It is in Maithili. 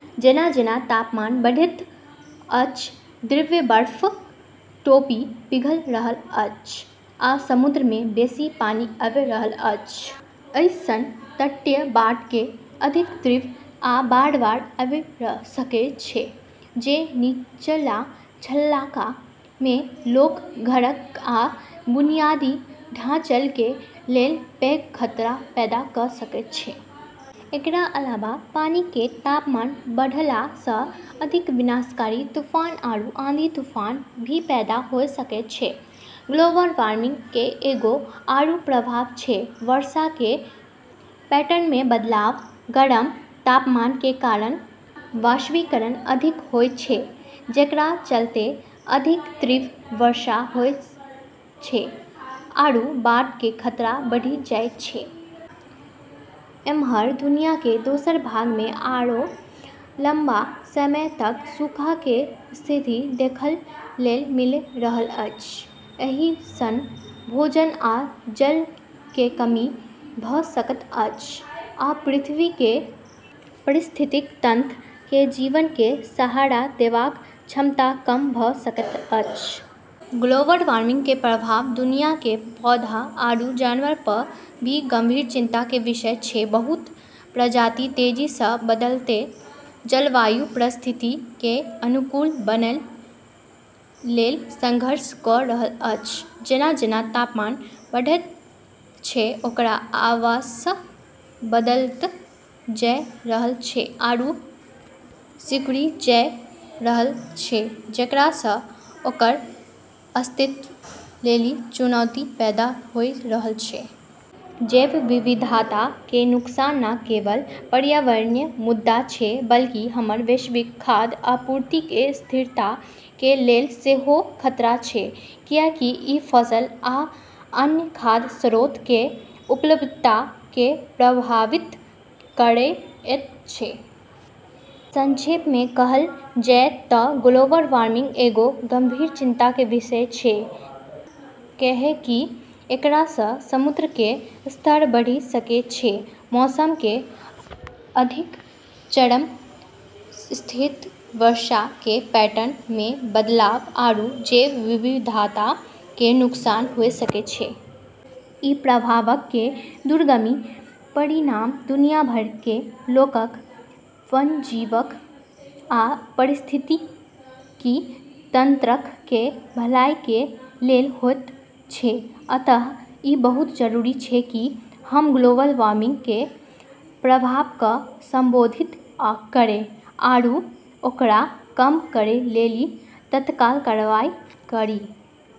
जेना-जेना तापमान बढ़ैत अछि, ध्रुवीय बर्फक टोपी पिघलि रहल अछि आ समुद्र मे बेसी पानि आबि रहल अछि। अइ सं तटीय बाढ़ के अधिक तीव्र आ बार-बार आबि सकै छै, जे निचला इलाकाक मे लोगक, घरक आ बुनियादी ढाँचा के लेल पैघ खतरा पैदा क सकै छै। एकरा अलावा पानी के तापमान बढ़ला स अधिक विनाशकारी तूफान आरू आंधी-तूफान भी पैदा होय सकै छै। ग्लोबल वार्मिंग के एगो आरू प्रभाव छै वर्षा के पैटर्न मे बदलाव। गर्म तापमान के कारण वाष्पीकरण अधिक होय छै, जेकरा चलतें अधिक तीव्र वर्षा होय छै आरू बाढ़ के खतरा बढ़ी जाय छै। एम्हर दुनिया के दोसर भाग मे आओर लंबा समय तक सूखा के स्थिति देखय लेल मिल रहल अछि। एहि सं भोजन आ जल के कमी भ सकैत अछि, आ पृथ्वी के पारिस्थितिकी तंत्र के जीवन के सहारा देबाक क्षमता कम भ सकैत अछि। ग्लोबल वार्मिंग के प्रभाव दुनिया के पौधा आरू जानवर प भी गंभीर चिंता के विषय छै। बहुत प्रजाति तेजी सं बदलैत जलवायु परिस्थिति के अनुकूल बनय लेल संघर्ष क रहल अछि। जेना-जेना तापमान बढ़ै छै, ओकर आवास बदलत जाय रहल छै आरू सिकुड़ी जाय रहल छै, जेकरा स ओकर अस्तित्व लेली चुनौती पैदा होय रहल छै। जैव विविधता के नुकसान न केवल पर्यावरणीय मुद्दा छै, बल्कि हमर वैश्विक खाद्य आपूर्ति के स्थिरता के लेल सेहो खतरा छै, कियाकि इ फसल आ अन्य खाद्य स्रोत के उपलब्धता के प्रभावित करएत छै। संक्षेप मे कहल जाय त ग्लोबल वार्मिंग एगो गंभीर चिंता के विषय छै, कैन्हेंकि एकरा स समुद्र के स्तर बढ़ी सकै छै, मौसम के अधिक चरम स्थिति, वर्षा के पैटर्न मे बदलाव, आरू जैव विविधता के नुकसान होय सकै छै। इ प्रभावक के दूरगामी परिणाम दुनिया भर के लोगक, वन्यजीवक आ पारिस्थितिकी तंत्रक के भलाई के लेल होयत छै। अतः ई बहुत जरूरी छै कि हम ग्लोबल वार्मिंग के प्रभाव क संबोधित करै आरू ओकरा कम करै लेली तत्काल कार्रवाई करी।